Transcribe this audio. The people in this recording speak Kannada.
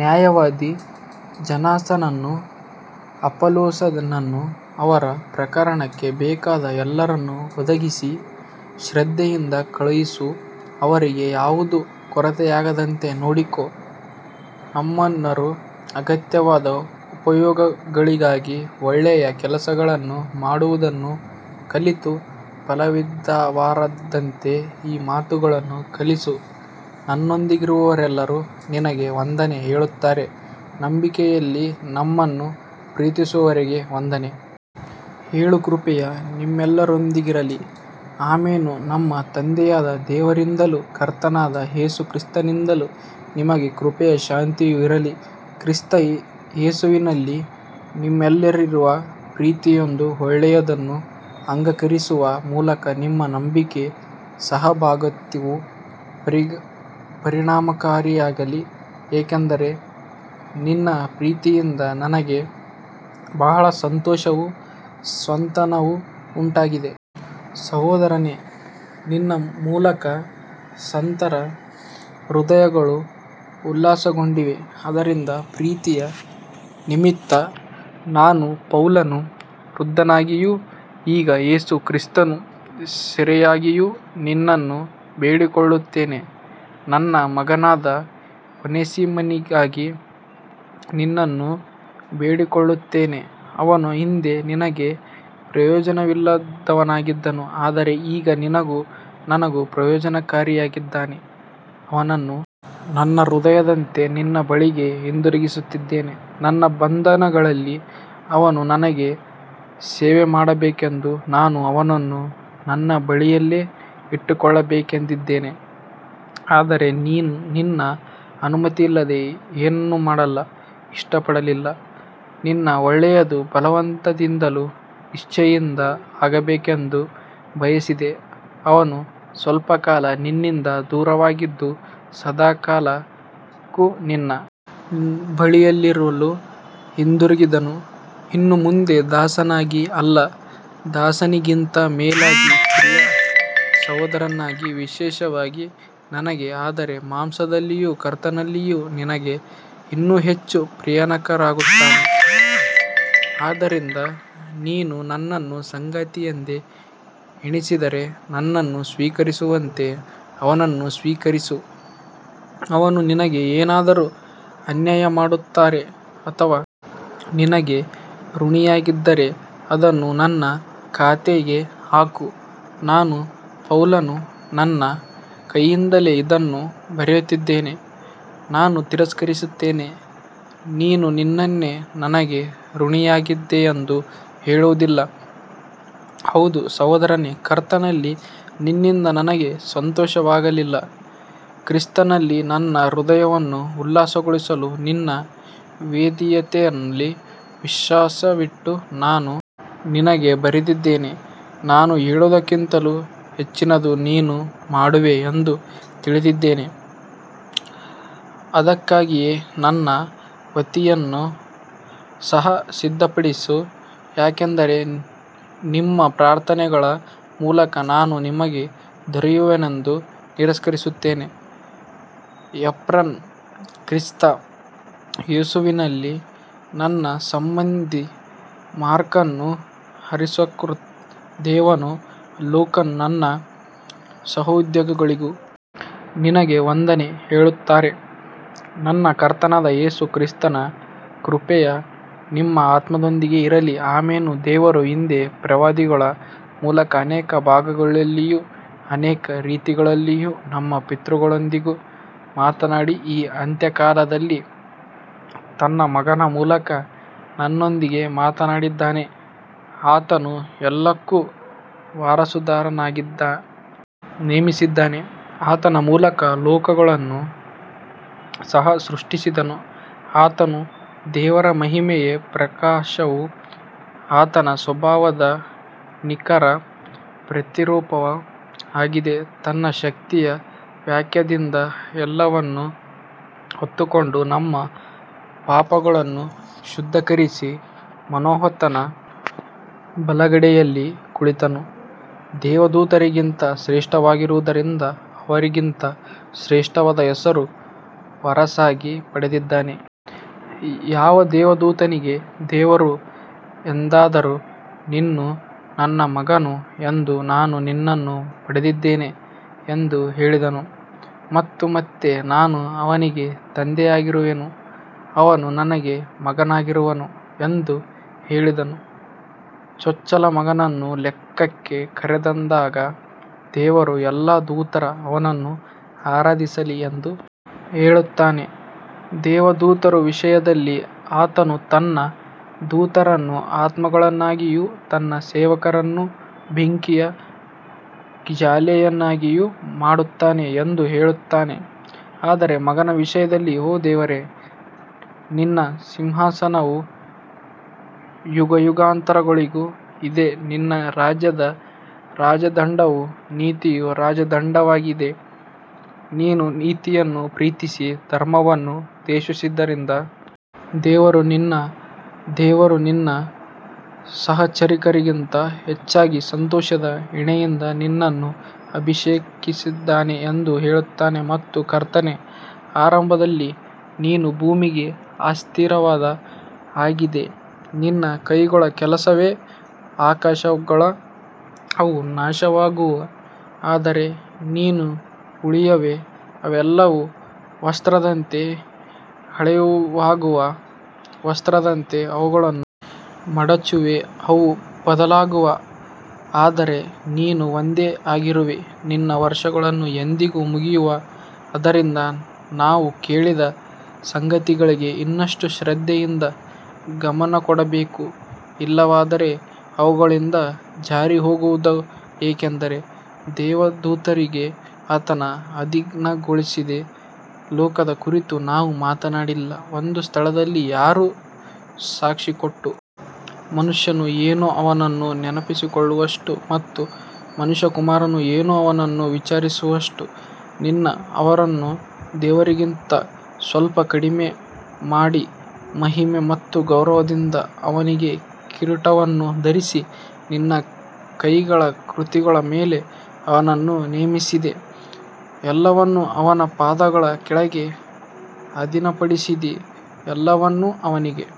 ನ್ಯಾಯವಾದಿ ಝೇನಾಸನನ್ನೂ ಅಪೊಲ್ಲೋಸನನ್ನೂ ಅವರ ಪ್ರಯಾಣಕ್ಕೆ ಬೇಕಾದ ಎಲ್ಲವನ್ನೂ ಒದಗಿಸಿ ಶ್ರದ್ಧೆಯಿಂದ ಕಳುಹಿಸು ಅವರಿಗೆ ಯಾವುದೂ ಕೊರತೆಯಾಗದಂತೆ ನೋಡಿಕೋ ನಮ್ಮವರೂ ಅಗತ್ಯವಾದ ಉಪಯೋಗಗಳಿಗಾಗಿ ಒಳ್ಳೆಯ ಕೆಲಸಗಳನ್ನು ಮಾಡುವುದನ್ನು ಕಲಿತು ಫಲವಿಲ್ಲದವರಾಗಿರದಂತೆ ಈ ಮಾತುಗಳನ್ನು ಕಲಿಸು ನನ್ನೊಂದಿಗಿರುವವರೆಲ್ಲರೂ ನಿನಗೆ ವಂದನೆ ಹೇಳುತ್ತಾರೆ ನಂಬಿಕೆಯಲ್ಲಿ ನಮ್ಮನ್ನು ಪ್ರೀತಿಸುವವರಿಗೆ ವಂದನೆ ಹೇಳು ಕೃಪೆಯು ನಿಮ್ಮೆಲ್ಲರೊಂದಿಗಿರಲಿ ಆಮೆನ್ ನಮ್ಮ ತಂದೆಯಾದ ದೇವರಿಂದಲೂ ಕರ್ತನಾದ ಯೇಸು ಕ್ರಿಸ್ತನಿಂದಲೂ ನಿಮಗೆ ಕೃಪೆಯೂ ಶಾಂತಿಯೂ ಇರಲಿ ಕ್ರಿಸ್ತ ಯೇಸುವಿನಲ್ಲಿ ನಿಮ್ಮಲ್ಲಿರುವ ಪ್ರತಿಯೊಂದು ಒಳ್ಳೆಯದನ್ನು ಅಂಗೀಕರಿಸುವ ಮೂಲಕ ನಿಮ್ಮ ನಂಬಿಕೆಯ ಸಹಭಾಗಿತ್ವವು ಪರಿಣಾಮಕಾರಿಯಾಗಲಿ ಯಾಕಂದರೆ ನಿನ್ನ ಪ್ರೀತಿಯಿಂದ ನಮಗೆ ಬಹಳ ಸಂತೋಷವೂ ಸಾಂತ್ವನವೂ ಉಂಟಾಗಿದೆ ಸಹೋದರನೇ ನಿನ್ನ ಮೂಲಕ ಸಂತರ ಹೃದಯಗಳು ಉಲ್ಲಾಸಗೊಂಡಿವೆ ಆದ್ದರಿಂದ ಪ್ರೀತಿಯ ನಿಮಿತ್ತ ನಾನು ಪೌಲನು ವೃದ್ಧನಾಗಿಯೂ ಈಗ ಯೇಸು ಕ್ರಿಸ್ತನ ಸೆರೆಯಾಳಾಗಿಯೂ ನಿನ್ನನ್ನು ಬೇಡಿಕೊಳ್ಳುತ್ತೇನೆ ನನ್ನ ಮಗನಾದ ಒನೇಸಿಮನಿಗಾಗಿ ನಿನ್ನನ್ನು ಬೇಡಿಕೊಳ್ಳುತ್ತೇನೆ ಅವನು ಹಿಂದೆ ನಿನಗೆ ಪ್ರಯೋಜನವಿಲ್ಲದವನಾಗಿದ್ದನು ಆದರೆ ಈಗ ನಿನಗೂ ನನಗೂ ಪ್ರಯೋಜನಕಾರಿಯಾಗಿದ್ದಾನೆ ಅವನನ್ನು ನನ್ನ ಹೃದಯದಂತೆ ನಿನ್ನ ಬಳಿಗೆ ಹಿಂದಿರುಗಿಸುತ್ತಿದ್ದೇನೆ ನನ್ನ ಬಂಧಗಳಲ್ಲಿ ಅವನು ನನಗೆ ಸೇವೆಮಾಡಬೇಕೆಂದು ನಾನು ಅವನನ್ನು ನನ್ನ ಬಳಿಯಲ್ಲೇ ಇಟ್ಟುಕೊಳ್ಳಬೇಕೆಂದಿದ್ದೆ ಆದರೆ ನಿನ್ನ ಅನುಮತಿಯಿಲ್ಲದೆ ಏನನ್ನೂ ಮಾಡಲು ಇಷ್ಟಪಡಲಿಲ್ಲ ನಿನ್ನ ಒಳ್ಳೆಯದು ಬಲವಂತದಿಂದಲ್ಲ ಸ್ವಇಚ್ಛೆಯಿಂದ ಆಗಬೇಕೆಂದು ಬಯಸಿದೆ ಅವನು ಸ್ವಲ್ಪಕಾಲ ನಿನ್ನಿಂದ ದೂರವಾಗಿದ್ದು ಸದಾಕಾಲಕ್ಕೂ ನಿನ್ನ ಬಳಿಯಲ್ಲಿರಲು ಹಿಂದಿರುಗಿದನು ಇನ್ನು ಮುಂದೆ ದಾಸನಾಗಿ ಅಲ್ಲ ದಾಸನಿಗಿಂತ ಮೇಲಾಗಿ ಪ್ರಿಯ ಸಹೋದರನಾಗಿ ವಿಶೇಷವಾಗಿ ನನಗೆ ಆದರೆ ಮಾಂಸದಲ್ಲಿಯೂ ಕರ್ತನಲ್ಲಿಯೂ ನಿನಗೆ ಇನ್ನೂ ಹೆಚ್ಚು ಪ್ರಿಯನಾಗಿರುತ್ತಾನೆ ಆದ್ದರಿಂದ ನೀನು ನನ್ನನ್ನು ಸಂಗಾತಿಯೆಂದು ಎಣಿಸಿದರೆ ನನ್ನನ್ನು ಸ್ವೀಕರಿಸುವಂತೆ ಅವನನ್ನೂ ಸ್ವೀಕರಿಸು ಅವನು ನಿನಗೆ ಏನಾದರೂ ಅನ್ಯಾಯಮಾಡಿದ್ದರೆ ಅಥವಾ ನಿನಗೆ ಋಣಿಯಾಗಿದ್ದರೆ ಅದನ್ನು ನನ್ನ ಖಾತೆಗೆ ಹಾಕು ನಾನು ಪೌಲನು ನನ್ನ ಕೈಯಿಂದಲೇ ಇದನ್ನು ಬರೆಯುತ್ತಿದ್ದೇನೆ ನಾನು ತೀರಿಸುತ್ತೇನೆ ನೀನು ನಿನ್ನನ್ನೇ ನನಗೆ ಋಣಿಯಾಗಿದ್ದೀಯೆಂದು ಹೇಳುವುದಿಲ್ಲ ಹೌದು ಸಹೋದರನೇ ಕರ್ತನಲ್ಲಿ ನಿನ್ನಿಂದ ನನಗೆ ಸಂತೋಷವಾಗಲಿ ಕ್ರಿಸ್ತನಲ್ಲಿ ನನ್ನ ಹೃದಯವನ್ನು ಉಲ್ಲಾಸಗೊಳಿಸು ನಿನ್ನ ವಿಧೇಯತೆಯಲ್ಲಿ ವಿಶ್ವಾಸವಿಟ್ಟು ನಾನು ನಿನಗೆ ಬರೆದಿದ್ದೇನೆ ನಾನು ಹೇಳುವುದಕ್ಕಿಂತಲೂ ಹೆಚ್ಚಿನದನ್ನು ನೀನು ಮಾಡುವೆ ಎಂದು ತಿಳಿದಿದ್ದೇನೆ ಅದಕ್ಕಾಗಿಯೇ ನನ್ನ ವಸತಿಯನ್ನು ಸಹ ಸಿದ್ಧಪಡಿಸು ಯಾಕಂದರೆ ನಿಮ್ಮ ಪ್ರಾರ್ಥನೆಗಳ ಮೂಲಕ ನಾನು ನಿಮಗೆ ದೊರೆಯುವೆನೆಂದು ನಿರೀಕ್ಷಿಸುತ್ತೇನೆ ಎಪಫ್ರನು ಕ್ರಿಸ್ತ ಯೇಸುವಿನಲ್ಲಿ ನನ್ನ ಸಹಬಂಧಿ ಮಾರ್ಕನು ಅರಿಸ್ತಾರ್ಕನು ದೇಮನು ಲೂಕನು ನನ್ನ ಸಹೋದ್ಯೋಗಿಗಳು ನಿನಗೆ ವಂದನೆ ಹೇಳುತ್ತಾರೆ ನಮ್ಮ ಕರ್ತನಾದ ಯೇಸು ಕ್ರಿಸ್ತನ ಕೃಪೆಯು ನಿಮ್ಮ ಆತ್ಮದೊಂದಿಗೆ ಇರಲಿ ಆಮೆನ್ ದೇವರು ಹಿಂದೆ ಪ್ರವಾದಿಗಳ ಮೂಲಕ ಅನೇಕ ಭಾಗಗಳಲ್ಲಿಯೂ ಅನೇಕ ರೀತಿಗಳಲ್ಲಿಯೂ ನಮ್ಮ ಪಿತೃಗಳೊಂದಿಗೆ ಮಾತನಾಡಿ ಈ ಅಂತ್ಯಕಾಲದಲ್ಲಿ ತನ್ನ ಮಗನ ಮೂಲಕ ನಮ್ಮೊಂದಿಗೆ ಮಾತನಾಡಿದ್ದಾನೆ ಆತನನ್ನು ಎಲ್ಲಕ್ಕೂ ವಾರಸುದಾರನನ್ನಾಗಿ ನೇಮಿಸಿದ್ದಾನೆ ಆತನ ಮೂಲಕ ಲೋಕಗಳನ್ನು ಸಹ ಸೃಷ್ಟಿಸಿದನು ಆತನು ದೇವರ ಮಹಿಮೆಯ ಪ್ರಕಾಶವೂ ಆತನ ಸ್ವಭಾವದ ನಿಖರ ಪ್ರತಿರೂಪವೂ ಆಗಿದ್ದು ತನ್ನ ಶಕ್ತಿಯ ವಾಕ್ಯದಿಂದ ಎಲ್ಲವನ್ನೂ ಹೊತ್ತುಕೊಂಡು ನಮ್ಮ ಪಾಪಗಳನ್ನು ಶುದ್ಧೀಕರಿಸಿ ಮಹೋನ್ನತನ ಬಲಗಡೆಯಲ್ಲಿ ಕುಳಿತನು ದೇವದೂತರಿಗಿಂತ ಶ್ರೇಷ್ಠನಾಗಿರುವುದರಿಂದ ಅವರಿಗಿಂತ ಶ್ರೇಷ್ಠವಾದ ಹೆಸರನ್ನು ವಾರಸಾಗಿ ಪಡೆದಿದ್ದಾನೆ ಯಾವ ದೇವದೂತನಿಗೆ ದೇವರು ಎಂದಾದರೂ ನೀನು ನನ್ನ ಮಗನು ಇಂದು ನಾನು ನಿನ್ನನ್ನು ಪಡೆದಿದ್ದೇನೆ ಎಂದು ಹೇಳಿದನು ಮತ್ತು ಮತ್ತೆ ನಾನು ಅವನಿಗೆ ತಂದೆಯಾಗಿರುವೆನು ಅವನು ನನಗೆ ಮಗನಾಗಿರುವನು ಎಂದು ಹೇಳಿದನು ಚೊಚ್ಚಲ ಮಗನನ್ನು ಲೋಕಕ್ಕೆ ಕರೆತಂದಾಗ ದೇವರ ಎಲ್ಲಾ ದೂತರೂ ಅವನನ್ನು ಆರಾಧಿಸಲಿ ಎಂದು ಹೇಳುತ್ತಾನೆ ದೇವದೂತರ ವಿಷಯದಲ್ಲಿ ಆತನು ತನ್ನ ದೂತರನ್ನು ಆತ್ಮಗಳನ್ನಾಗಿಯೂ ತನ್ನ ಸೇವಕರನ್ನು ಬೆಂಕಿಯ ಜ್ವಾಲೆಯನ್ನಾಗಿಯೂ ಮಾಡುತ್ತಾನೆ ಎಂದು ಹೇಳುತ್ತಾನೆ ಆದರೆ ಮಗನ ವಿಷಯದಲ್ಲಿ ಓ ದೇವರೇ ನಿನ್ನ ಸಿಂಹಾಸನವು ಯುಗಯುಗಾಂತರಗಳಿಗೂ ಇದೆ ನಿನ್ನ ರಾಜ್ಯದ ರಾಜದಂಡವು ನೀತಿಯ ರಾಜದಂಡವಾಗಿದೆ ನೀನು ನೀತಿಯನ್ನು ಪ್ರೀತಿಸಿ ಅಧರ್ಮವನ್ನು ದ್ವೇಷಿಸಿದ್ದರಿಂದ ದೇವರು ನಿನ್ನ ದೇವರು ನಿನ್ನ ಸಹಚರರಿಗಿಂತ ಹೆಚ್ಚಾಗಿ ಸಂತೋಷದ ಎಣ್ಣೆಯಿಂದ ನಿನ್ನನ್ನು ಅಭಿಷೇಕಿಸಿದ್ದಾನೆ ಎಂದು ಹೇಳುತ್ತಾನೆ ಮತ್ತು ಕರ್ತನೇ ಆರಂಭದಲ್ಲಿ ನೀನು ಭೂಮಿಗೆ ಅಸ್ತಿವಾರ ಹಾಕಿದೆ ನಿನ್ನ ಕೈಗಳ ಕೆಲಸವೇ ಆಕಾಶಗಳು ಅವು ನಾಶವಾಗುವವು ಆದರೆ ನೀನು ಉಳಿಯುವೆ ಅವೆಲ್ಲವೂ ವಸ್ತ್ರದಂತೆ ಹಳೆಯವಾಗುವವು ವಸ್ತ್ರದಂತೆ ಅವುಗಳನ್ನು ಮಡಚುವೆ ಅವು ಬದಲಾಗುವವು ಆದರೆ ನೀನು ಒಂದೇ ಆಗಿರುವೆ ನಿನ್ನ ವರ್ಷಗಳು ಎಂದಿಗೂ ಮುಗಿಯವು ಆದ್ದರಿಂದ ನಾವು ಕೇಳಿದ ಸಂಗತಿಗಳಿಗೆ ಇನ್ನಷ್ಟು ಶ್ರದ್ಧೆಯಿಂದ ಗಮನಕೊಡಬೇಕು ಇಲ್ಲವಾದರೆ ಅವುಗಳಿಂದ ಜಾರಿಹೋಗಬಹುದು ಯಾಕಂದರೆ ದೇವದೂತರಿಗೆ ಆತನು ಅಧೀನಗೊಳಿಸಿದ ಲೋಕದ ಕುರಿತು ನಾವು ಮಾತನಾಡುತ್ತಿಲ್ಲ ಒಂದು ಸ್ಥಳದಲ್ಲಿ ಯಾರೋ ಸಾಕ್ಷಿಕೊಟ್ಟು ಮನುಷ್ಯನು ಏನು ಅವನನ್ನು ನೆನಪಿಸಿಕೊಳ್ಳುವಷ್ಟು ಮತ್ತು ಮನುಷ್ಯಕುಮಾರನು ಏನು ಅವನನ್ನು ವಿಚಾರಿಸುವಷ್ಟು ನೀನು ಅವನನ್ನು ದೇವದೂತರಿಗಿಂತ ಸ್ವಲ್ಪ ಕಡಿಮೆಮಾಡಿ ಮಹಿಮೆ ಮತ್ತು ಗೌರವದಿಂದ ಅವನಿಗೆ ಕಿರೀಟವನ್ನು ಧರಿಸಿ ನಿನ್ನ ಕೈಗಳ ಕೃತಿಗಳ ಮೇಲೆ ಅವನನ್ನು ನೇಮಿಸಿದ್ದೀ ಎಲ್ಲವನ್ನೂ ಅವನ ಪಾದಗಳ ಕೆಳಗೆ ಅಧೀನಪಡಿಸಿದ್ದೀ ಎಲ್ಲವನ್ನೂ ಅವನಿಗೆ